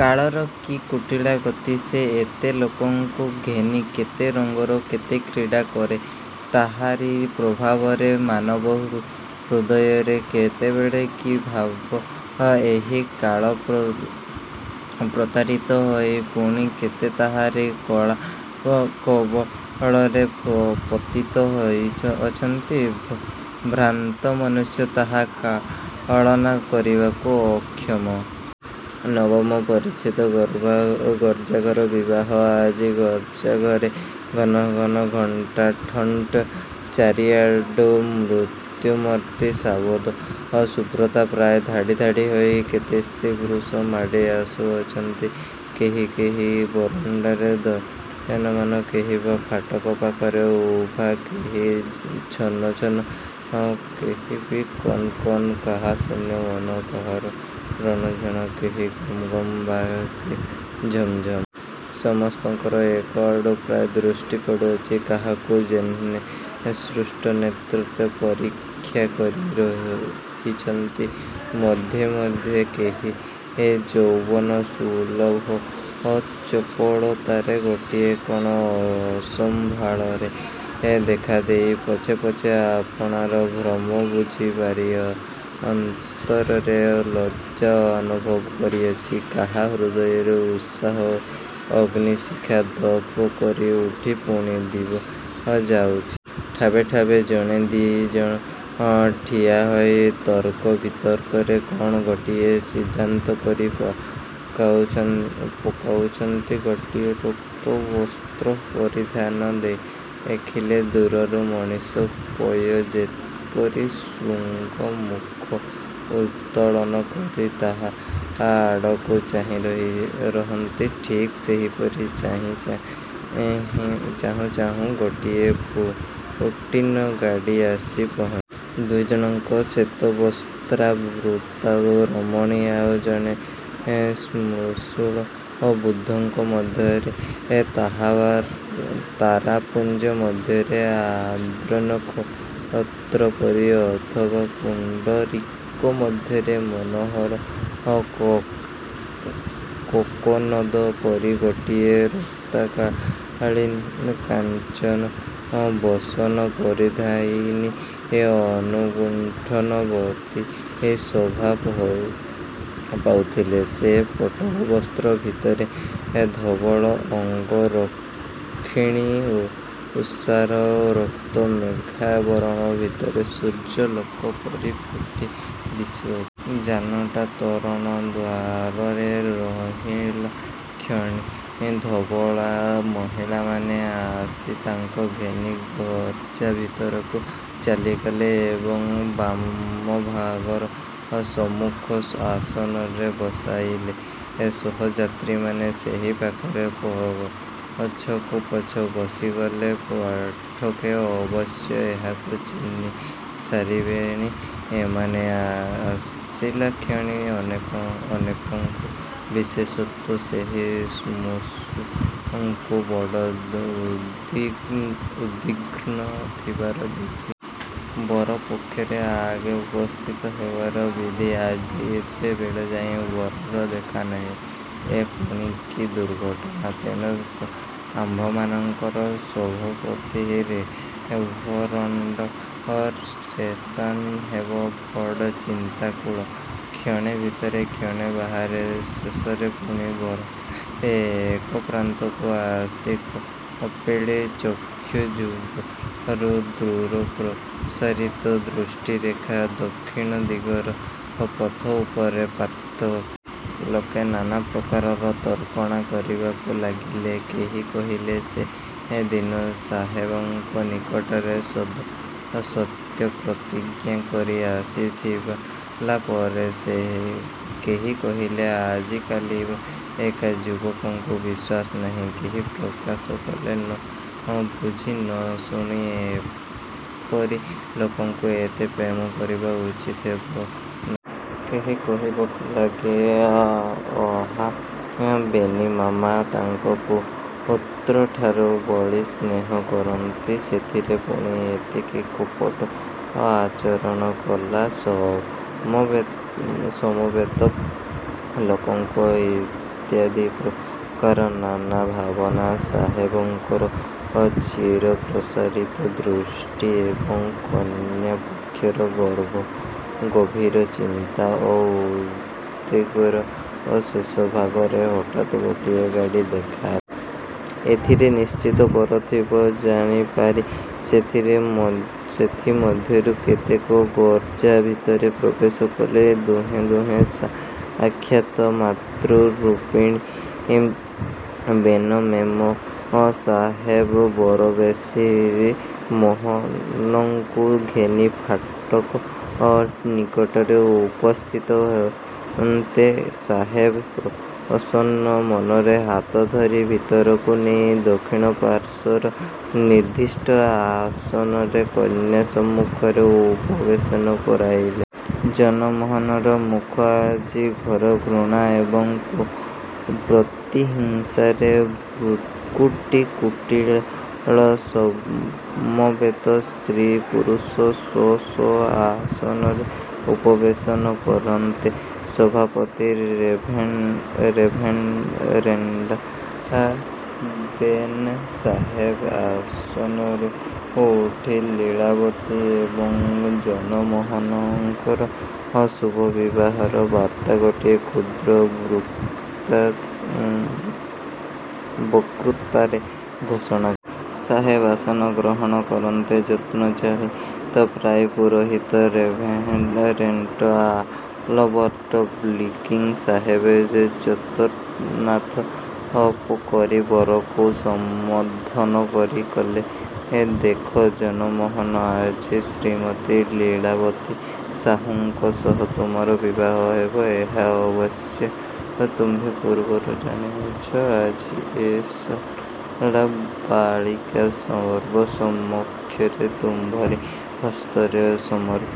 କାଳର କି କୁଟିଳା ଗତି! ସେ ଏତେ ଲୋକଙ୍କୁ ଘେନି କେତେ ରଙ୍ଗରେ କେତେ କ୍ରୀଡ଼ା କରେ! ତାହାରି ପ୍ରଭାବରେ ମାନବ ହୃଦୟରେ କେତେବେଳେ କି ଭାବ! ଏହି କାଳପ୍ରତାରିତ ହୋଇ ପୁଣି କେତେ ତାହାର କରାଳକବଳରେ ପତିତ ହେଉଅଛନ୍ତି! ଭ୍ରାନ୍ତ ମନୁଷ୍ୟ ତାହା କଳନା କରିବାକୁ ଅକ୍ଷମ। ନବମ ପରିଚ୍ଛେଦ ଗିର୍ଜାଘର ବିବାହ ଆଜି ଗିର୍ଜାଘରେ ଘନ ଘନ ଘଣ୍ଟା ଠନ୍ଠନ୍। ଚାରିଆଡ଼ୁ ମୂର୍ତ୍ତିମତୀ ଶାରଦ ଶୁଭ୍ରତା ପ୍ରାୟ ଧାଡ଼ି ଧାଡ଼ି ହୋଇ କେତେ ସ୍ତ୍ରୀ ପୁରୁଷ ମାଡ଼ି ଆସୁଅଛନ୍ତି, କେହି କେହି ବରଣ୍ଡାରେ ଦଣ୍ଡାୟମାନ, କେହି ବା ଫାଟକ ପାଖରେ ଉଭା, କେହି ଛନ୍ ଛନ୍, କେହି ବି କନ୍ କନ୍; କାହାର ଶୂନ୍ୟ ମନ କାହାର ରଣଝଣ୍; କେହି ଗମ୍ ଗମ୍ କେହି ବା ଝମ୍ ଝମ୍। ସମସ୍ତଙ୍କର ଏକଆଡ଼କୁ ପ୍ରାୟ ଦୃଷ୍ଟି ପଡ଼ୁଅଛି କାହାକୁ ଯେହ୍ନେ ସତୃଷ୍ଣନେତ୍ରରେ ପ୍ରତୀକ୍ଷା କରି ରହିଛନ୍ତି। ମଧ୍ୟେ ମଧ୍ୟେ ସେହି ଯୌବନସୁଲଭ ଚପଳତାରେ ଗୋଟିଏ କଣ ଅସମ୍ଭାଳରେ ଦେଖାଦେଇ ପଛେ ପଛେ ଆପଣାର ଭ୍ରମ ବୁଝି ପାରି ଅନ୍ତରରେ ଲଜ୍ଜା ଅନୁଭବ କରିଅଛି। କାହା ହୃଦୟରେ ଉତ୍ସାହ-ଅଗ୍ନିଶିଖା ଦପ୍ କରି ଉଠି ପୁଣି ଦବି ଯାଉଅଛି। ଠାବେ ଠାବେ ଜଣେ ଦି ଜଣ ଠିଆ ହୋଇ ତର୍କ ବିତର୍କରେ କଣ ଗୋଟାଏ ଗୋଟାଏ ସିଦ୍ଧାନ୍ତ କରି ପକାଉଛନ୍ତି। ଗୋଟିଏ ରକ୍ତବସ୍ତ୍ର ପରିଧାନ ଦେଖିଲେ ଦୂରରୁ ମହିଷପଲ ଯେପରି ଶୃଙ୍ଗ ମୁଖ ଉତ୍ତୋଳନ କରି ତାହା ଆଡ଼କୁ ଚାହିଁ ରହନ୍ତି, ଠିକ୍ ସେହିପରି ଚାହୁଁ ଚାହୁଁ ଗୋଟିଏ ଫିଟିନ ଗାଡ଼ି ଆସି ପହୁଞ୍ଚିଗଲା। ଦୁଇଜଣ ଶ୍ୱେତବସ୍ତ୍ରାବୃତା ରମଣୀ ଆଉ ଜଣେ ଶ୍ମଶ୍ରୁଳ ବୃଦ୍ଧଙ୍କ ମଧ୍ୟରେ, ତାରାପୁଞ୍ଜ ମଧ୍ୟରେ ଆର୍ଦ୍ରାନକ୍ଷତ୍ର ପରି ଅଥବା ପୁଣ୍ଡରୀକ ମଧ୍ୟରେ ମନୋହର କୋକନଦ ପରି ଗୋଟିଏ ରକ୍ତକାଞ୍ଚନ ବସନପରିଧାୟିନୀ ଅବଗୁଣ୍ଠନବତୀ ଶୋଭା ପାଉଥିଲେ। ସେ ପାଟଳ ବସ୍ତ୍ର ଭିତରେ ଧବଳଅଙ୍ଗରକ୍ଷିଣୀ ଉଷାର ରକ୍ତ ମେଘାବରଣ ଭିତରେ ସୂର୍ଯ୍ୟ ଆଲୋକ ପରି ଫୁଟି ଦିଶୁଅଛି। ଯାନଟା ତୋରଣଦ୍ୱାରରେ ରହିଲାକ୍ଷଣି ଧବଳା ମହିଳାମାନେ ଆସି ତାଙ୍କୁ ଘେନି ଗିର୍ଜା ଭିତରକୁ ଚାଲିଗଲେ ଏବଂ ବାମଭାଗର ସମ୍ମୁଖ ଆସନରେ ବସାଇଲେ। ସହଯାତ୍ରୀମାନେ ସେହି ପାଖରେ ପଛକୁ ପଛ ବସିଗଲେ। ପାଠକେ, ଅବଶ୍ୟ ଏହାଙ୍କୁ ଚିହ୍ନି ସାରିବେଣି। ଏମାନେ ଆସିଲାକ୍ଷଣି ଅନେକଙ୍କୁ, ବିଶେଷତଃ ସେହି ଶ୍ମଶ୍ରୁଳଙ୍କୁ ବଡ଼ ଉଦ୍ବିଗ୍ନ ଥିବାର ଦେଖାଗଲା। ବର ପକ୍ଷର ଆଗେ ଉପସ୍ଥିତ ହେବାର ବିଧି। ଆଜି ଏତେବେଳଯାଏ ବରର ଦେଖାନାହିଁ। ଏ ପୁଣି କି ଦୁର୍ଘଟନା! ତେଣୁ ଆମ୍ଭମାନଙ୍କର ସଭାପତି ରେଭରଣ୍ଡ ବେନ୍ସାହେବ ବଡ଼ ଚିନ୍ତାକୁଳ। କ୍ଷଣେ ଭିତରେ କ୍ଷଣେ ବାହାରେ, ଶେଷରେ ପୁଣି ବରଣ୍ଡାର ଏକପ୍ରାନ୍ତକୁ ଆସି କପିଳ ଚକ୍ଷୁଯୁଗଳରୁ ଦୂରପ୍ରସାରିତ ଦୃଷ୍ଟିରେଖା ଦକ୍ଷିଣଦିଗର ପଥ ଉପରେ ପାତିତ କଲେ। ଲୋକେ ନାନାପ୍ରକାର ତର୍କଣା କରିବାକୁ ଲାଗିଲେ। କେହି କହିଲେ, ସେ ଦିନ ସାହେବଙ୍କ ନିକଟରେ ସତ୍ୟପ୍ରତିଜ୍ଞା କରି ଆସିଥିଲା ପରା! କେହି କହିଲେ, ଆଜିକାଲିକା ଯୁବକଙ୍କୁ ବିଶ୍ୱାସ ନାହିଁ। କେହି ପ୍ରକାଶ କଲେ, ନ ବୁଝି ନ ଶୁଣି ଏପରି ଲୋକଙ୍କୁ ଏତେ ପ୍ରେମ କରିବା ଉଚିତ ହେଲା ନାହିଁ। କେହି କହିବାକୁ ଲାଗିଲେ, ଆହା! ବେନି ମାମା ତାକୁ ପୁତ୍ରଠାରୁ ବଳି ସ୍ନେହ କରନ୍ତି। ସେଥିରେ ପୁଣି ଏପରି କପଟ ଆଚରଣ କଲା! ସମବେତ ଲୋକଙ୍କର ଇତ୍ୟାଦିପ୍ରକାର ନାନା ଭାବନା, ସାହେବଙ୍କର ଚିରପ୍ରସାରିତ ଦୃଷ୍ଟି ଏବଂ କନ୍ୟାପକ୍ଷର ଗଭୀର ଚିନ୍ତା ଓ ଉଦ୍ବେଗର ଶେଷଭାଗରେ ହଠାତ୍ ଗୋଟିଏ ଗାଡ଼ି ଦେଖା ଦେଲା। ଏଥିରେ ନିଶ୍ଚୟ ବର ଥିବ ଜାଣି ପାରି ସେଥି ମଧ୍ୟରୁ କେତେକ ଗିର୍ଜା ଭିତରେ ପ୍ରବେଶ କଲେ। ଦେଖୁଁ ଦେଖୁଁ ସାକ୍ଷାତ୍ ମାତୃରୂପିଣୀ ବେନ୍ ମେମ ସାହେବ ବରବେଶୀ ମୋହନଙ୍କୁ ଘେନି ଫାଟକ ନିକଟରେ ଉପସ୍ଥିତ ହୁଅନ୍ତେ, ସାହେବ ପ୍ରସନ୍ନ ମନରେ ହାତ ଧରି ଭିତରକୁ ନେଇ ଦକ୍ଷିଣପାର୍ଶ୍ୱର ନିର୍ଦିଷ୍ଟ ଆସନରେ କନ୍ୟା ସମ୍ମୁଖରେ ଉପବେଶନ କରାଇଲେ। ଜନମୋହନର ମୁଖ ଆଜି ଘୋର ଘୃଣା ଓ ପ୍ରତିହିଂସାରେ ଭ୍ରୂକୁଟି କୁଟିଳ। ସମବେତ ସ୍ତ୍ରୀ ପୁରୁଷ ସ୍ୱ ସ୍ୱ ଆସନରେ ଉପବେଶନ କରନ୍ତେ, ସଭାପତି ରେଭରେଣ୍ଡ ବେନ୍ ସାହେବ ଆସନରୁ ଉଠି ଲୀଳାବତୀ ଏବଂ ଜନମୋହନଙ୍କର ଶୁଭବିବାହର ବାର୍ତ୍ତା ଗୋଟିଏ କ୍ଷୁଦ୍ର ବକ୍ତୃତାରେ ଘୋଷଣା କଲେ। ସାହେବ ଆସନ ଗ୍ରହଣ କରନ୍ତେ, ଯନ୍ତ୍ରଚାଳିତ ପ୍ରାୟ ପୁରୋହିତ ରେଭରେଣ୍ଡ ଆଲବର୍ଟ ବକ୍ଲି ସାହେବ ଗାତ୍ରୋତ୍ଥାନ କରି ବରକୁ ସମ୍ବୋଧନ କରି କହିଲେ, ଦେଖ ଜନମୋହନ! ଆଜି ଶ୍ରୀମତୀ ଲୀଳାବତୀ ସାହୁଙ୍କ ସହିତ ତୁମ୍ଭର ବିବାହ ହେବ। ଏହା ଅବଶ୍ୟ ତୁମ୍ଭେ ପୂର୍ବରୁ ଜାଣିଅଛ। ଆଜି ଏ ସରଳା ବାଳିକା ସର୍ବସମକ୍ଷରେ ତୁମ୍ଭରି ହସ୍ତରେ ସମର୍ପିତା।